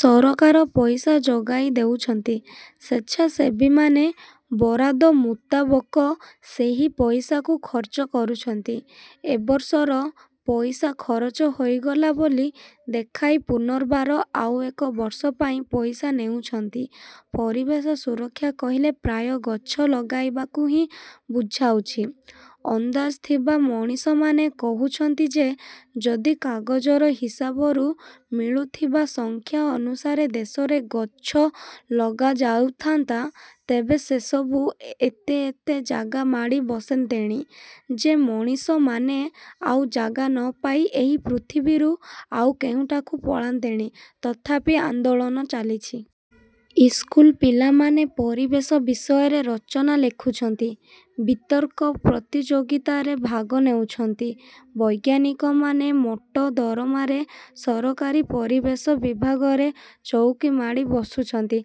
ସରକାର ପଇସା ଯୋଗାଇ ଦେଉଛନ୍ତି। ସେଚ୍ଛାସେବୀମାନେ ବରାଦ ମୁତାବକ ସେହି ପଇସାକୁ ଖର୍ଚ୍ଚ କରୁଛନ୍ତି। ଏବର୍ଷର ପଇସା ଖରଚ ହୋଇଗଲା ବୋଲି ଦେଖାଇ ପୁନର୍ବାର ଆଉ ଏକ ବର୍ଷ ପାଇଁ ପଇସା ନେଉଛନ୍ତି। ପରିବେଶ ସୁରକ୍ଷା କହିଲେ ପ୍ରାୟ ଗଛ ଲଗାଇବାକୁ ହିଁ ବୁଝାଉଛି। ଅନ୍ଦାଜ ଥିବା ମଣିଷମାନେ କହୁଛନ୍ତି ଯେ ଯଦି କାଗଜର ହିସାବରୁ ମିଳୁଥିବା ସଂଖ୍ୟା ଅନୁସାରେ ଦେଶରେ ଗଛ ଲଗାଯାଉଥାନ୍ତା। ତେବେ ସେସବୁ ଏତେ ଏତେ ଜାଗା ମାଡ଼ି ବସନ୍ତେଣି ଯେ ମଣିଷମାନେ ଆଉ ଜାଗା ନପାଇ ଏହି ପୃଥିବୀରୁ ଆଉ କେଉଁଠାକୁ ପଳାନ୍ତେଣି। ତଥାପି ଆନ୍ଦୋଳନ ଚାଲିଛି। ଇସ୍କୁଲ ପିଲାମାନେ ପରିବେଶ ବିଷୟରେ ରଚନା ଲେଖୁଛନ୍ତି। ବିତର୍କ ପ୍ରତିଯୋଗିତାରେ ଭାଗ ନେଉଛନ୍ତି। ବୈଜ୍ଞାନିକମାନେ ମୋଟ ଦରମାରେ ସରକାରୀ ପରିବେଶ ବିଭାଗରେ ଚଉକୀ ମାଡ଼ି ବସୁଛନ୍ତି।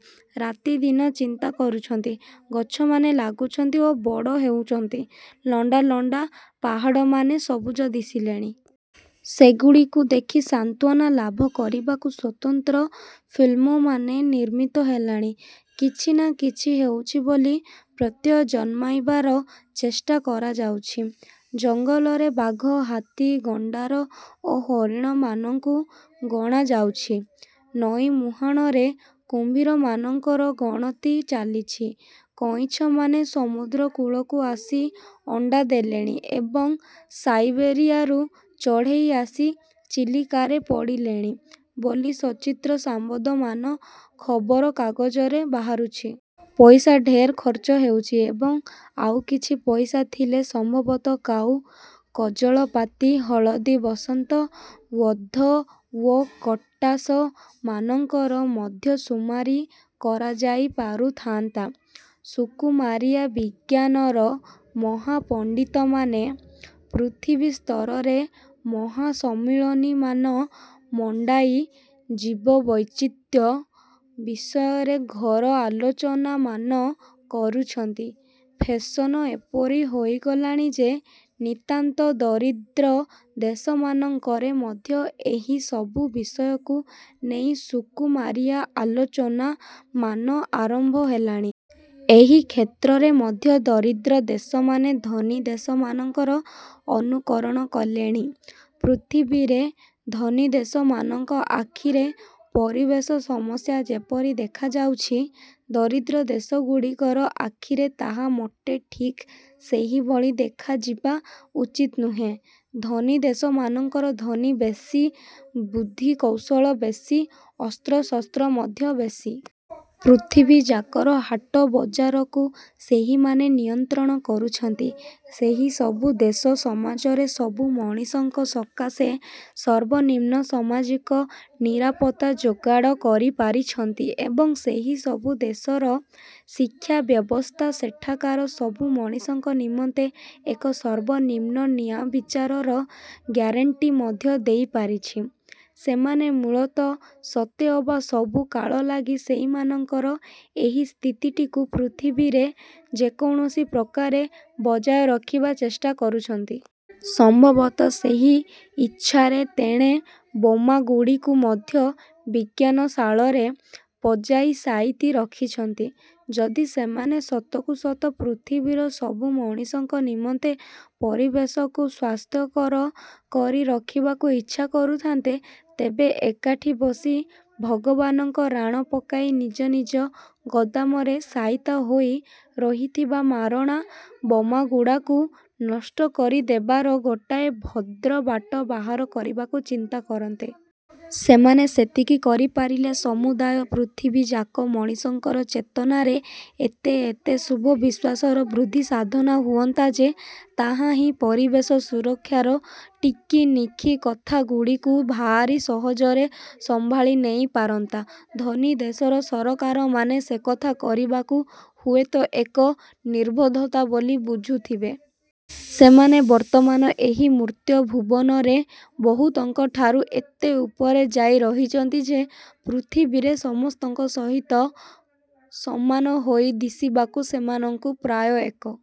ରାତି ଦିନ ଚିନ୍ତା କରୁଛନ୍ତି। ଗଛମାନେ ଲାଗୁଛନ୍ତି ଓ ବଡ଼ ହେଉଛନ୍ତି। ଲଣ୍ଡା ଲଣ୍ଡା ପାହାଡ଼ମାନେ ସବୁଜ ଦିଶିଲେଣି। ସେଗୁଡ଼ିକୁ ଦେଖି ସାନ୍ତ୍ୱନା ଲାଭ କରିବାକୁ ସ୍ୱତନ୍ତ୍ର ଫିଲ୍ମମାନେ ନିର୍ମିତ ହେଲାଣି। କିଛି ନା କିଛି ହେଉଛି ବୋଲି ପ୍ରତ୍ୟୟ ଜନ୍ମାଇବାର ଚେଷ୍ଟା କରାଯାଉଛି। ଜଙ୍ଗଲରେ ବାଘ, ହାତୀ, ଗଣ୍ଡାର ଓ ହରିଣମାନଙ୍କୁ ଗଣାଯାଉଛି। ନଈମୁହାଣରେ କୁମ୍ଭୀରମାନଙ୍କର ଗଣତି ଚାଲିଛି। କଇଁଛମାନେ ସମୁଦ୍ର କୂଳକୁ ଆସି ଅଣ୍ଡା ଦେଲେଣି ଏବଂ ସାଇବେରିଆରୁ ଚଢ଼େଇ ଆସି ଚିଲିକାରେ ପଡ଼ିଲେଣି ବୋଲି ସଚିତ୍ର ସାମ୍ବୋ ଦମାନ ଖବରକାଗଜରେ ବାହାରୁଛି। ପଇସା ଢେର ଖର୍ଚ୍ଚ ହେଉଛି ଏବଂ ଆଉକିଛି ପଇସା ଥିଲେ ସମ୍ଭବତଃ କାଉ, କଜଳପାତି, ହଳଦୀବସନ୍ତ, ଓଧ ଓ କଟାସମାନଙ୍କର ମଧ୍ୟ ସୁମାରି କରାଯାଇ ପାରୁଥାନ୍ତା। ସୁକୁମାରିଆ ବିଜ୍ଞାନର ମହାପଣ୍ଡିତମାନେ ପୃଥିବୀ ସ୍ତରରେ ମହାସମ୍ମିଳନୀମାନ ମଣ୍ଡାଇ ଜୀବବୈଚିତ୍ର୍ୟ ବିଷୟରେ ଘୋର ଆଲୋଚନାମାନ କରୁଛନ୍ତି। ଫେଶନ ଏପରି ହୋଇଗଲାଣି ଯେ, ନିତାନ୍ତ ଦରିଦ୍ର ଦେଶମାନଙ୍କରେ ମଧ୍ୟ ଏହିସବୁ ବିଷୟକୁ ନେଇ ସୁକୁମାରିଆ ଆଲୋଚନାମାନ ଆରମ୍ଭ ହେଲାଣି। ଏହି କ୍ଷେତ୍ରରେ ମଧ୍ୟ ଦରିଦ୍ର ଦେଶମାନେ ଧନୀ ଦେଶମାନଙ୍କର ଅନୁକରଣ କଲେଣି। ପୃଥିବୀରେ ଧନୀ ଦେଶମାନଙ୍କ ଆଖିରେ ପରିବେଶ ସମସ୍ୟା ଯେପରି ଦେଖାଯାଉଛି ଦରିଦ୍ର ଦେଶଗୁଡ଼ିକର ଆଖିରେ ତାହା ମୋଟେ ଠିକ୍ ସେହିଭଳି ଦେଖାଯିବା ଉଚିତ୍ ନୁହେଁ। ଧନୀ ଦେଶମାନଙ୍କରେ ଧନୀ ବେଶୀ, ବୁଦ୍ଧି କୌଶଳ ବେଶୀ, ଅସ୍ତ୍ରଶସ୍ତ୍ର ମଧ୍ୟ ବେଶୀ। ପୃଥିବୀଯାକର ହାଟବଜାରକୁ ସେହିମାନେ ନିୟନ୍ତ୍ରଣ କରୁଛନ୍ତି। ସେହିସବୁ ଦେଶ ସମାଜରେ ସବୁ ମଣିଷଙ୍କ ସକାଶେ ସର୍ବନିମ୍ନ ସମାଜିକ ନିରାପତ୍ତା ଯୋଗାଡ଼ କରି ପାରିଛନ୍ତି ଏବଂ ସେହିସବୁ ଦେଶର ଶିକ୍ଷାବ୍ୟବସ୍ଥା ସେଠାକାର ସବୁ ମଣିଷଙ୍କ ନିମନ୍ତେ ଏକ ସର୍ବନିମ୍ନ ନ୍ୟାଅବିଚାରର ଗ୍ୟାରେଣ୍ଟି ମଧ୍ୟ ଦେଇପାରିଛି। ସେମାନେ ମୂଳତଃ ସତେଅବା ସବୁ କାଳ ଲାଗି ସେଇମାନଙ୍କର ଏହି ସ୍ଥିତିଟିକୁ ପୃଥିବୀରେ ଯେକୌଣସି ପ୍ରକାରେ ବଜାୟ ରଖିବା ଚେଷ୍ଟା କରୁଛନ୍ତି। ସମ୍ଭବତଃ ସେହି ଇଚ୍ଛାରେ ତେଣେ ବୋମାଗୁଡ଼ିକୁ ମଧ୍ୟ ବିଜ୍ଞାନଶାଳରେ ପଜାଇ ସାଇତି ରଖିଛନ୍ତି। ଯଦି ସେମାନେ ସତକୁ ସତ ପୃଥିବୀର ସବୁ ମଣିଷଙ୍କ ନିମନ୍ତେ ପରିବେଶକୁ ସ୍ୱାସ୍ଥ୍ୟକର କରି ରଖିବାକୁ ଇଚ୍ଛା କରୁଥାନ୍ତେ। ତେବେ ଏକାଠି ବସି ଭଗବାନଙ୍କ ରାଣ ପକାଇ ନିଜ ନିଜ ଗୋଦାମରେ ସାଇତା ହୋଇ ରହିଥିବା ମାରଣା ବୋମାଗୁଡ଼ାକୁ ନଷ୍ଟ କରିଦେବାର ଗୋଟାଏ ଭଦ୍ର ବାଟ ବାହାର କରିବାକୁ ଚିନ୍ତା କରନ୍ତେ। ସେମାନେ ସେତିକି କରିପାରିଲେ ସମୁଦାୟ ପୃଥିବୀଯାକ ମଣିଷଙ୍କର ଚେତନାରେ ଏତେ ଏତେ ଶୁଭ ବିଶ୍ୱାସର ବୃଦ୍ଧିସାଧନ ହୁଅନ୍ତା ଯେ ତାହା ହିଁ ପରିବେଶ ସୁରକ୍ଷାର ଟିକିନିଖି କଥାଗୁଡ଼ିକୁ ଭାରି ସହଜରେ ସମ୍ଭାଳି ନେଇପାରନ୍ତା। ଧନୀ ଦେଶର ସରକାରମାନେ ସେକଥା କରିବାକୁ ହୁଏତ ଏକ ନିର୍ବୋଧତା ବୋଲି ବୁଝୁଥିବେ। ସେମାନେ ବର୍ତ୍ତମାନ ଏହି ମୁର୍ତ୍ତ୍ୟଭୁବନରେ ବହୁତଙ୍କ ଠାରୁ ଏତେ ଉପରେ ଯାଇ ରହିଛନ୍ତି ଯେ ପୃଥିବୀରେ ସମସ୍ତଙ୍କ ସହିତ ସମାନ ହୋଇ ଦିଶିବାକୁ ସେମାନଙ୍କୁ ପ୍ରାୟ ଏକ